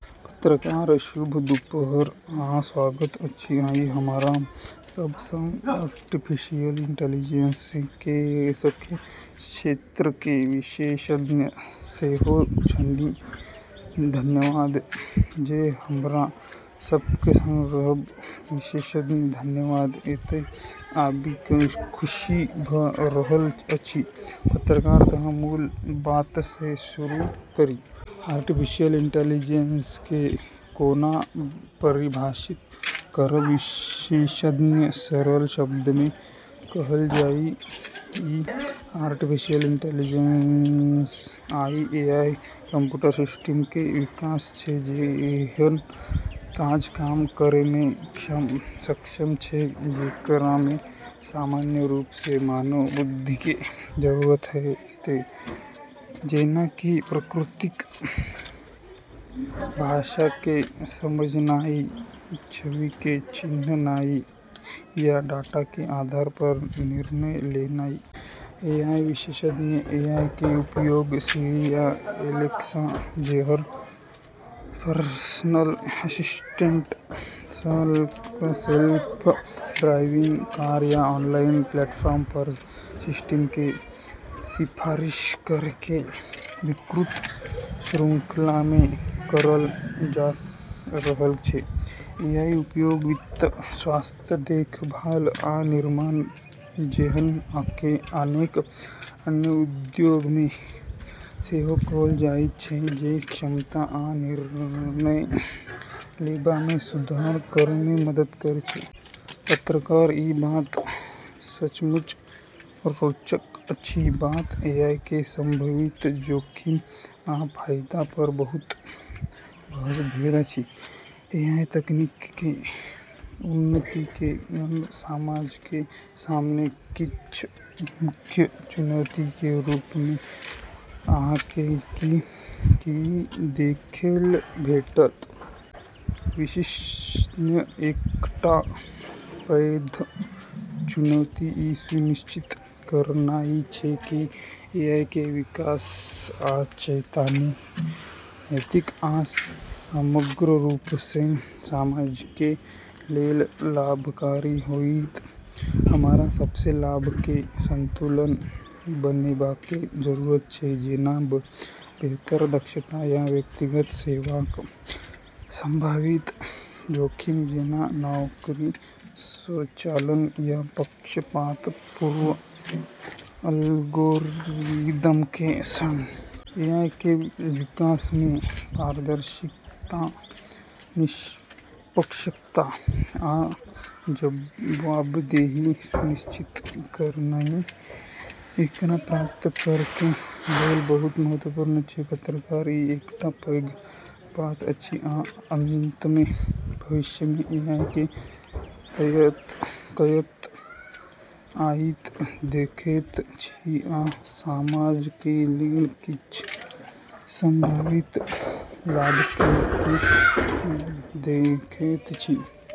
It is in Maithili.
पत्रकार: शुभ दुपहर आ स्वागत अछि, आई हमरा सब सङ्ग आर्टिफिशियल इंटेलिजेंसके क्षेत्रके विशेषज्ञ सेहो छथि, धन्यवाद जे हमरा सबके सङ्ग रहब। विशेषज्ञ: धन्यवाद, एतय आबि क' खुशी भ' रहल अछि। पत्रकार: त', मूल बातसँ शुरू करी। आर्टिफिशियल इंटेलिजेंसके कोना परिभाषित करब? विशेषज्ञ: सरल शब्दमे कहल जाइ त' आर्टिफिशियल इंटेलिजेंस या एआई, कंप्यूटर सिस्टमके विकास छै जे एहन काज काम करैमे सक्षम छै जेकरामे सामान्य रूपसँ मानव बुद्धिके जरूरत हेतै, जेना कि प्राकृतिक भाषाके समझनाइ, छविके चिन्हनाइ, या डाटाके आधार पर निर्णय लेनाइ । ए. आई. विशेषज्ञ: एआईके उपयोग सिरी या एलेक्सा जेहन पर्सनल असिस्टेंट स' ल' क' सेल्फ ड्राइविंग कार या ऑनलाइन प्लेटफॉर्म पर सिस्टमके सिफारिश करैके विस्तृत श्रृंखलामे करल जा रहल छै। एआईके उपयोग वित्त, स्वास्थ्य देखभाल, आ निर्माण जेहन अनेक अन्य उद्योगमे सेहो कैल जाइत छै, जे दक्षता आ निर्णय लेबामे सुधार करैमे मदद करै छै। पत्रकार: ई बात सचमुच रोचक अछि। आब, एआईके संभावित जोखिम आ फाइदा पर बहुत बहस भेल अछि। एआई तकनीकके उन्नतिके सङ्ग समाजके सामने किछ मुख्य चुनौतीके रूपमे अहाँके की - की देखै लेल भेटत? विशेषज्ञ: एकटा पैघ चुनौती ई सुनिश्चित करनाइ छै कि एआईके विकास आ तैनाती नैतिक आ समग्र रूपसँ समाजके लेल लाभकारी होइत। हमरा सबके लाभके संतुलन बनेबाके जरूरत छै, जेना बेहतर दक्षता या व्यक्तिगत सेवाक, संभावित जोखिम जेना नौकरी स्वचालन या पक्षपातपूर्ण एल्गोरिदमके सङ्ग। एआईके विकासमे पारदर्शिता, निष्पक्षता, आ जवाबदेही सुनिश्चित करनाइ एकरा प्राप्त करैके लेल बहुत महत्वपूर्ण छै। पत्रकार: ई एकटा पैघ बात अछि। आ अंतमे, भविष्यमे एआईके कतय जाइत देखैत छी, आ समाज के लेल किछ संभावित लाभके की देखैत छी?